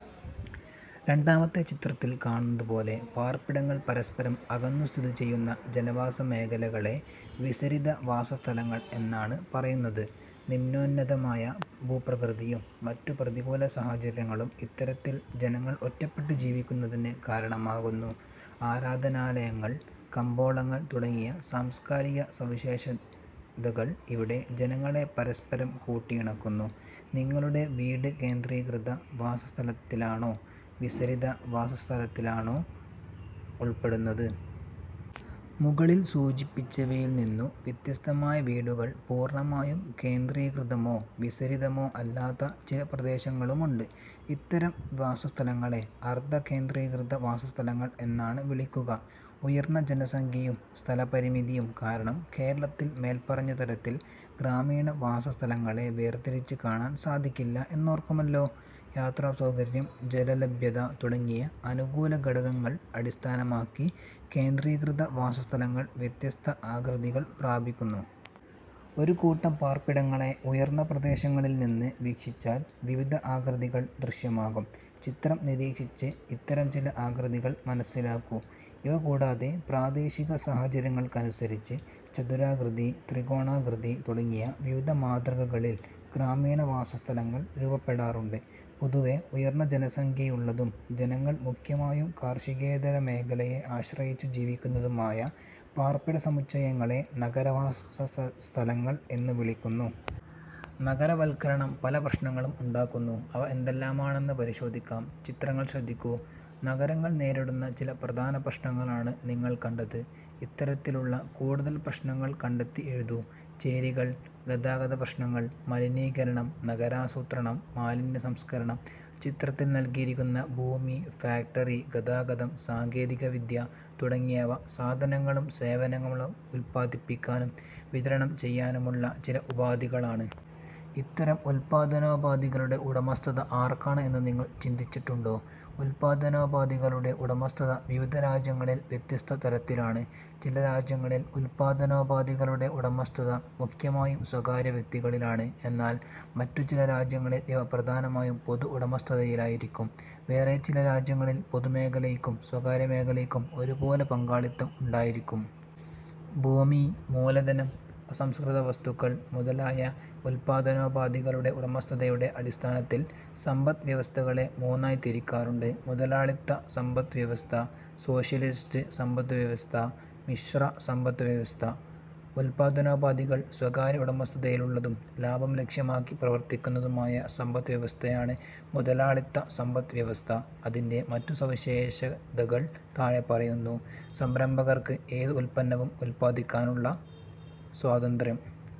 രണ്ടാമത്തെ ചിത്രത്തിൽ കാണുന്നതുപോലെ പാർപ്പിടങ്ങൾ പരസ്പരം അകന്നു സ്ഥിതിചെയ്യുന്ന ജനവാസമേഖലകളെ വിസരിത വാസ സ്ഥലങ്ങൾ എന്നാണ് പറയുന്നത്. നിമ്നോന്നതമായ ഭൂപ്രകൃതിയും മറ്റു പ്രതികൂല സാഹചര്യങ്ങളും ഇത്തരത്തിൽ ജനങ്ങൾ ഒറ്റപ്പെട്ട് ജീവിക്കുന്നതിന് കാരണമാകുന്നു. ആരാധനാലയങ്ങൾ, കമ്പോളങ്ങൾ തുടങ്ങിയ സാംസ്കാരികസവിശേഷതകൾ ഇവിടെ ജനങ്ങളെ പരസ്പരം കൂട്ടിയിണക്കുന്നു. നിങ്ങളുടെ വീട് കേന്ദ്രീകൃത വാസസ്ഥലത്തിലാണോ വിസരിത വാസ സ്ഥലത്തിലാണോ ഉൾപ്പെടുന്നത്? മുകളിൽ സൂചിപ്പിച്ചവയിൽ നിന്നു വ്യത്യസ്തമായി വീടുകൾ പൂർണമായും കേന്ദ്രീകൃതമോ വിസരിതമോ അല്ലാത്ത ചില പ്രദേശങ്ങളുമുണ്ട്. ഇത്തരം വാസസ്ഥലങ്ങളെ അർധ കേന്ദ്രീകൃത വാസസ്ഥലങ്ങൾ എന്നാണ് വിളിക്കുക. ഉയർന്ന ജനസംഖ്യയും സ്ഥലപരിമിതിയും കാരണം കേരളത്തിൽ മേൽപ്പറഞ്ഞ തരത്തിൽ ഗ്രാമീണവാസസ്ഥലങ്ങളെ വേർതിരിച്ച് കാണാൻ സാധിക്കില്ല എന്നോർക്കുമല്ലോ. യാത്രാസൗകര്യം, ജലലഭ്യത തുടങ്ങിയ അനുകൂല ഘടകങ്ങൾ അടിസ്ഥാനമാക്കി കേന്ദ്രീകൃത വാസസ്ഥലങ്ങൾ വ്യത്യസ്ത ആകൃതികൾ പ്രാപിക്കുന്നു. ഒരു കൂട്ടം പാർപ്പിടങ്ങളെ ഉയർന്ന പ്രദേശങ്ങളിൽനിന്ന് വീക്ഷിച്ചാൽ വിവിധ ആകൃതികൾ ദൃശ്യമാകും. ചിത്രം നിരീക്ഷിച്ച് ഇത്തരം ചില ആകൃതികൾ മനസ്സിലാക്കൂ. ഇവ കൂടാതെ പ്രാദേശിക സാഹചര്യങ്ങൾക്കനുസരിച്ച് ചതുരാകൃതി, ത്രികോണാകൃതി തുടങ്ങി വിവിധ മാതൃകകളിൽ ഗ്രാമീണവാസസ്ഥലങ്ങൾ രൂപപ്പെടാറുണ്ട്. പൊതുവെ ഉയർന്ന ജനസംഖ്യയുള്ളതും ജനങ്ങൾ മുഖ്യമായും കാർഷികേതര മേഖലയെ ആശ്രയിച്ചു ജീവിക്കുന്നതുമായ പാർപ്പിടസമുച്ചയങ്ങളെ നഗരവാസസ്ഥലങ്ങൾ എന്നു വിളിക്കുന്നു. നഗരവൽക്കരണം പല പ്രശ്നങ്ങളും ഉണ്ടാക്കുന്നു. അവ എന്തെല്ലാമാണെന്ന് പരിശോധിക്കാം. ചിത്രങ്ങൾ ശ്രദ്ധിക്കൂ. നഗരങ്ങൾ നേരിടുന്ന ചില പ്രധാന പ്രശ്നങ്ങളാണ് നിങ്ങൾ കണ്ടത്. ഇത്തരത്തിലുള്ള കൂടുതൽ പ്രശ്നങ്ങൾ കണ്ടെത്തി എഴുതൂ. ചേരികൾ. ഗതാഗതപ്രശ്നങ്ങൾ. മലിനീകരണം. നഗരാസൂത്രണം. മാലിന്യസംസ്കരണം. ചിത്രത്തിൽ നൽകിയിരിക്കുന്ന ഭൂമി, ഫാക്ടറി, ഗതാഗതം, സാങ്കേതികവിദ്യ തുടങ്ങിയവ സാധനങ്ങളും സേവനങ്ങളും ഉൽപ്പാദിപ്പിക്കാനും വിതരണം ചെയ്യാനുമുള്ള ചില ഉപാധികളാണ്. ഇത്തരം ഉൽപ്പാദനോപാധികളുടെ ഉടമസ്ഥത ആർക്കാണ് എന്ന് നിങ്ങൾ ചിന്തിച്ചിട്ടുണ്ടോ? ഉൽപ്പാദനോപാധികളുടെ ഉടമസ്ഥത വിവിധ രാജ്യങ്ങളിൽ വ്യത്യസ്ത തരത്തിലാണ്. ചില രാജ്യങ്ങളിൽ ഉൽപ്പാദനോപാധികളുടെ ഉടമസ്ഥത മുഖ്യമായും സ്വകാര്യ വ്യക്തികളിലാണ്. എന്നാൽ മറ്റു ചില രാജ്യങ്ങളിൽ ഇവ പ്രധാനമായും പൊതു ഉടമസ്ഥതയിലായിരിക്കും. വേറെ ചില രാജ്യങ്ങളിൽ പൊതുമേഖലയ്ക്കും സ്വകാര്യമേഖലയ്ക്കും ഒരുപോലെ പങ്കാളിത്തം ഉണ്ടായിരിക്കും. ഭൂമി, മൂലധനം, അസംസ്കൃതവസ്തുക്കൾ മുതലായ ഉൽപ്പാദനോപാധികളുടെ ഉടമസ്ഥതയുടെ അടിസ്ഥാനത്തിൽ സമ്പദ് വ്യവസ്ഥകളെ മൂന്നായി തിരിക്കാറുണ്ട്. മുതലാളിത്ത സമ്പദ്വ്യവസ്ഥ, സോഷ്യലിസ്റ്റ് സമ്പദ്വ്യവസ്ഥ, മിശ്ര സമ്പദ്വ്യവസ്ഥ. ഉൽപ്പാദനോപാധികൾ സ്വകാര്യ ഉടമസ്ഥതയിലുള്ളതും ലാഭം ലക്ഷ്യമാക്കി പ്രവർത്തിക്കുന്നതുമായ സമ്പദ്വ്യവസ്ഥയാണ് മുതലാളിത്ത സമ്പദ് വ്യവസ്ഥ. അതിന്റെ മറ്റു സവിശേഷതകൾ താഴെ പറയുന്നു. സംരംഭകർക്ക് ഏത് ഉൽപ്പന്നവും ഉൽപ്പാദിപ്പിക്കാനുള്ള സ്വാതന്ത്ര്യം.